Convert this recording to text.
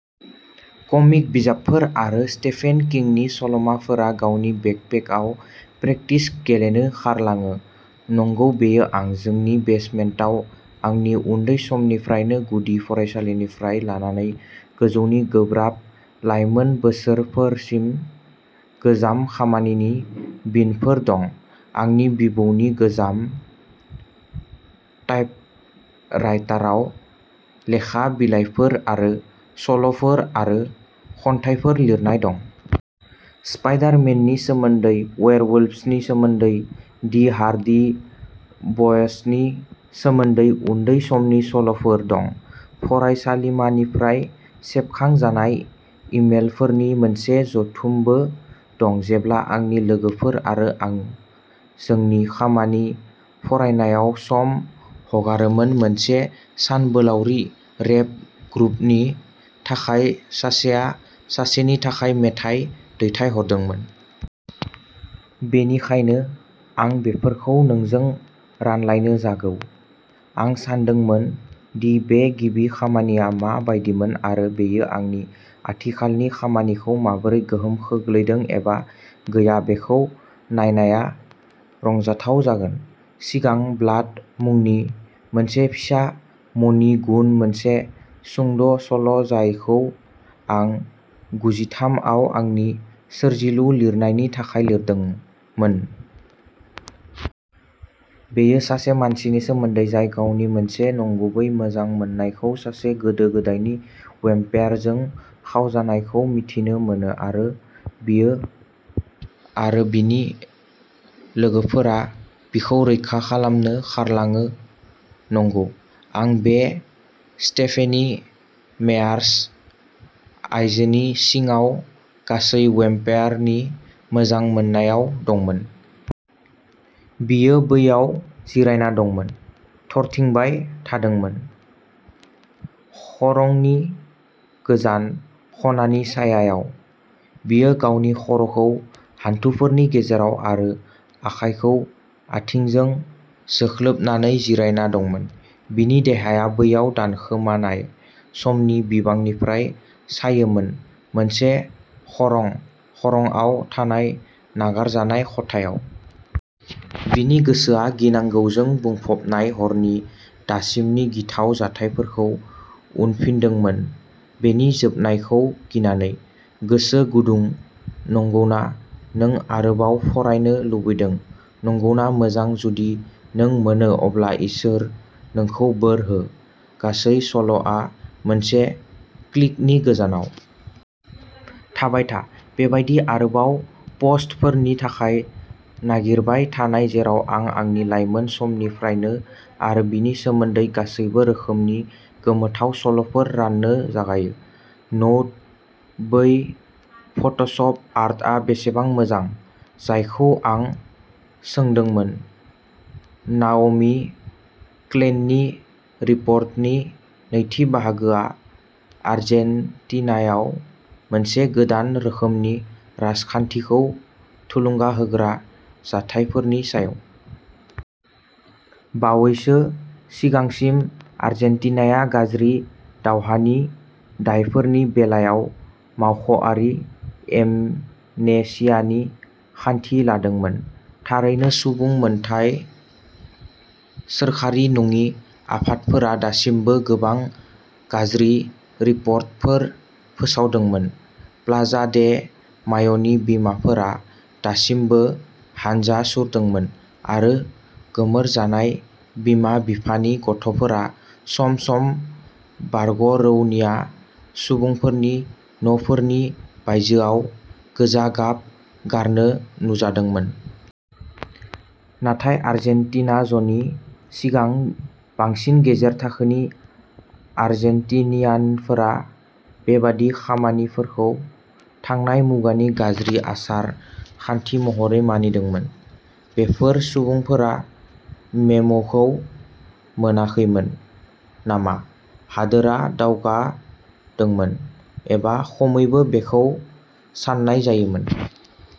कमिक बिजाबफोर आरो स्टेफेन किंनि सल'माफोरा गावनि बेकपेकआव प्रेकटिस गेलेनो खारलाङो नंगौ बेयो आं। जोंनि बेसमेन्टाव आंनि उन्दै समनिफ्रायनो गुदि फरायसालिनिफ्राय लानानै गोजौनि गोब्राब लाइमोन बोसोरफोरसिम गोजाम खामानिनि बिनफोर दं। आंनि बिबौनि गोजाम टाइपराइटाराव लेखा बिलाइफोर आरो सल'फोर आरो खन्थाइफोर लिरनाय दं। स्पाइडर-मेननि सोमोन्दै वेयरवुल्व्सनि सोमोन्दै दि हार्डि ब'य्सनि सोमोन्दै उन्दै समनि सल'फोर दं। फरायसालिमानिफ्राय सेबखांजानाय इमेलफोरनि मोनसे जुथुमबो दं जेब्ला आंनि लोगोफोर आरो आं जोंनि खामानि फरायनायाव सम हगारोमोन मोनसे सानबोलावरि रेप ग्रुपनि थाखाय सासेया सासेनि थाखाय मेथाइ दैथायहरदोंमोन। बेनिखायनो आं बेफोरखौ नोंजों रानलायनो जागौ। आं सानदोंमोन दि बे गिबि खामानिया मा बायदिमोन आरो बेयो आंनि आथिखालनि खामानिखौ माबोरै गोहोम खोख्लैदों एबा गैया-बेखौ नायनाया रंजाथाव जागोन। सिगां ब्लाड मुंनि मोनसे फिसा मणि मुन मोनसे सुंद'सल'जायखौ आं गुजिथाम आव आंनि सोरजिलु लिरनायनि थाखाय लिरदोंमोन। बेयो सासे मानसिनि सोमोन्दै जाय गावनि मोनसे नंगुबै मोजां मोननायखौ सासे गोदो गोदायनि वेम्पायरजों खावजानायखौ मिथिनो मोनो आरो बियो आरो बिनि लोगोफोरा बिखौ रैखा खालामनो खारलाङो नंगौ। आं बै स्टेफेनि मेयार्स आइजोनि सिगाङाव गासै वेम्पायरनि मोजां मोननायाव दंमोन। बियो बैयाव जिरायना दंमोन थरथिंबाय थादोंमोन। खरंनि गोजान ख'नानि सायायाव बियो गावनि खर'खौ हान्थुफोरनि गेजेराव आरो आखाइखौ आथिंजों जोख्लोबनानै जिरायना दंमोन। बिनि देहाया बैयाव दोनखोमानाय समनि बिबांनिफ्राय सायोमोन मोनसे ख'रं ख'रंआव थानाय नागारजानाय खथायाव। बिनि गोसोआ गिनांगौजों बुंफबनाय हरनि दासिमनि गिथाव जाथायफोरखौ उनफिनदोंमोन बेनि जोबनायखौ गिनानै। गोसो गुदुं नंगौना नों आरोबाव फरायनो लुबैदों नंगौना मोजां जुदि नों मोनो अब्ला इसोर नोंखौ बोर हो। गासै सल'आ मोनसे क्लिकनि गोजानाव। थाबाय था। बेबायदि आरोबाव पस्टफोरनि थाखाय नागिरबाय थानाय जेराव आं आंनि लाइमोन समनिफ्रायनो आरो बिनि सोमोन्दै गासैबो रोखोमनि गोमोथाव सल'फोर राननो जागायो। नोट बै फट'शप आर्टआ बेसेबां मोजां जायखौ आं सोंदोंमोन नाओमी क्लेइननि रिपर्टनि नैथि बाहागोआ आर्जेन्टिनायाव मोनसे गोदान रोखोमनि राजखान्थिखौ थुलुंगा होग्रा जाथायफोरनि सायाव। बावैसो सिगांसिम आर्जेन्टिनाया गाज्रि दावहानि दायफोरनि बेलायाव मावख'आरि एमनेसियानि खान्थि लादोंमोन। थारैनो सुबुं मोनथाय सोरखारि नङि आफादफोरा दासिमबो गोबां गाज्रि रिपर्टफोर फोसावदोंमोन प्लाजा दे माय'नि बिमाफोरा दासिमबो हानजा सुरदोंमोन आरो गोमोरजानाय बिमा बिफानि गथ'फोरा सम सम बारग'रौनिया सुबुंफोरनि न'फोरनि बायजोआव गोजा गाब गारनो नुजादोंमोन। नाथाय आर्जेन्टिनाज'नि सिगां बांसिन गेजेर थाखोनि आर्जेन्टिनियानफोरा बेबादि खामानिफोरखौ थांनाय मुगानि गाज्रि आसार खान्थि महरै मानिदोंमोन। बेफोर सुबुंफोरा मेमोखौ मोनाखैमोन नामा हादोरा दावगादोंमोन एबा खमैबो बेखौ सान्नाय जायोमोन।